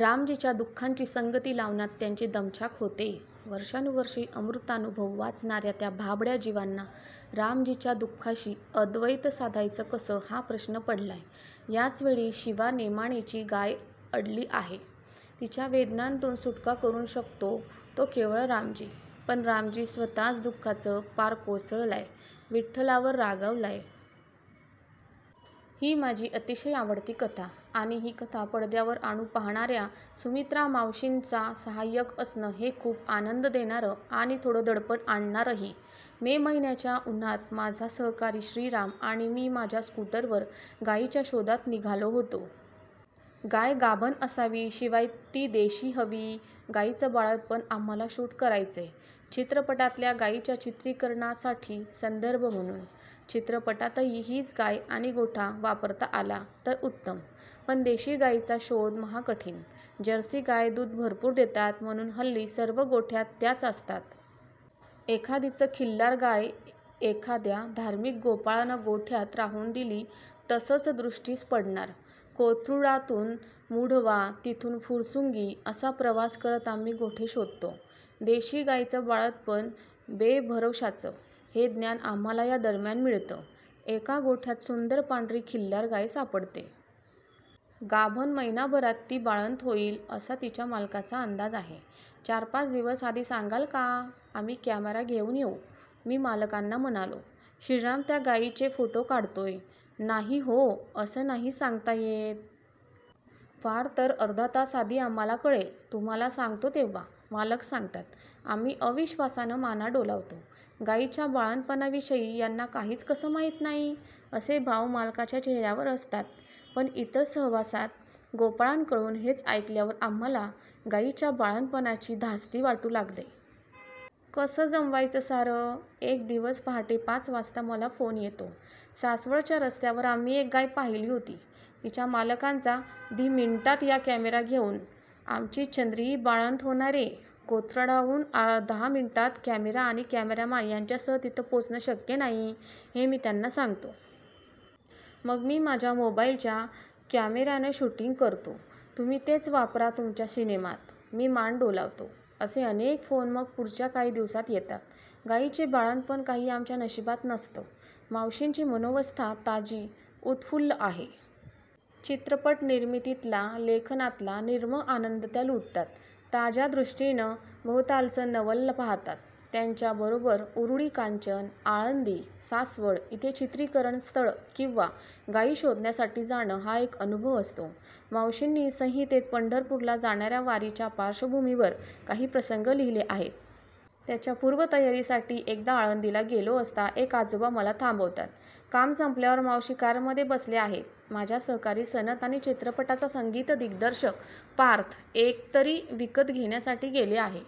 रामजीच्या दु:खाची संगती लावण्यात त्यांची दमछाक होतेय. वर्षानुवर्षं 'अमृतानुभव' वाचणार्या त्या भाबड्या जीवांना रामजीच्या दु:खाशी अद्वैत साधायचं कसं, हा प्रश्न पडलाय. याचवेळी शिवा नेमाणेची गाय अडली आहे. तिची वेदनांतून सुटका करू शकतो तो केवळ रामजी; पण रामजी स्वत:च दु:खानं पार कोसळलाय, विठ्ठलावर रागावलाय. ही माझी अतिशय आवडती कथा. आणि ही कथा पदद्यावर आणू पाहणार्या सुमित्रामावशींचा साहाय्यक असणं, हे खूप आनंद देणारं आणि थोडं दडपण आणणारंही. मे महिन्याच्या उन्हात माझा सहकारी श्रीराम आणि मी माझ्या स्कूटरवर गायीच्या शोधात निघालो आहोत. गाय गाभण असावी, शिवाय ती देशी हवी. गायीचं बाळंतपण आम्हांला शूट करायचंय. चित्रपटातल्या गायीच्या चित्रीकरणासाठी संदर्भ म्हणून. चित्रपटातही हीच गाय आणि गोठा वापरता आला, तर उत्तम. पण देशी गायीचा शोध महाकठीण. जर्सी गायी दूध भरपूर देतात म्हणून हल्ली सर्व गोठ्यांत त्याच असतात. एखादीच खिल्लार गाय एखाद्या धार्मिक गोपाळानं गोठ्यात राहू दिली तरच दृष्टीस पडणार. कोथरुडातून मुढवा, तिथून फुरसुंगी असा प्रवास करत आम्ही गोठे शोधतो. देशी गायीचं बाळंतपण बेभरवशाचं, हे ज्ञान आम्हांला या दरम्यान मिळतं. एका गोठ्यात सुंदर पांढरी खिल्लार गाय सापडते. गाभण. महिनाभरात ती बाळंत होईल, असा तिच्या मालकाचा अंदाज आहे. 'चारपाच दिवस आधी सांगाल का? आम्ही कॅमेरा घेऊन येऊ,' मी मालकांना म्हणतो. श्रीराम त्या गायीचे फोटो काढतोय. 'नाही हो, असं नाही सांगता येत. फारतर अर्धा तास आधी आम्हांला कळेल, तुम्हांला सांगतो तेव्हा', मालक सांगतात. आम्ही अविश्वासानं माना डोलावतो. गायीच्या बाळंतपणाविषयी यांना काहीच कसं माहीत नाही, असे भाव मालकाच्या चेहर्यावर असतात. पण इतर सहासात गोपाळांकडून हेच ऐकल्यावर आम्हांला गायीच्या बाळंतपणाची धास्ती वाटू लागते. कसं जमवायचं सारं? एक दिवस पहाटे पाच वाजता मला फोन येतो. सासवडच्या रस्त्यावर आम्ही एक गाय पाहिली होती, तिच्या मालकांचा. 'धा मिन्टात या कॅमेरा घेऊन, आमची चंद्री बाळंत होनाराय. ' कोथरुडहून दहा मिनिटांत कॅमेरा आणि कॅमेरामन यांच्यासह तिथे पोहोचणं शक्य नाही, हे मी त्यांना सांगतो. 'मंग मी माझ्या मोबाईलच्या क्यामेरानं शूटिंग करतू. तुम्ही तेच वापरा तुमच्या शिनेमात'. मी मान डोलावतो. असे अनेक फोन मग पुढच्या काही दिवसांत येतात. गायीचं बाळंतपण काही आमच्या नशिबात नसतं. मावशींची मनोवस्था ताजी, उत्फुल्ल आहे. चित्रपटनिर्मितीतला, लेखनातला निर्मळ आनंद त्या लुटतात. ताज्या दृष्टीनं भवतालचं नवल पाहतात. त्यांच्याबरोबर उरुळी कांचन, आळंदी, सासवड इथे चित्रीकरणस्थळं किंवा गायी शोधण्यासाठी जाणं हा एक अनुभव असतो. मावशींनी संहितेत पंढरपूरला जाणार्या वारीच्या पार्श्वभूमीवर काही प्रसंग लिहिले आहेत. त्याच्या पूर्वतयारीसाठी एकदा आळंदीला गेलो असता एक आजोबा मला थांबवतात. काम संपल्यावर मावशी कारमध्ये बसल्या आहेत. माझा सहकारी सनत आणि चित्रपटाचा संगीतदिग्दर्शक पार्थ एकतारी विकत घेण्यासाठी गेले आहेत.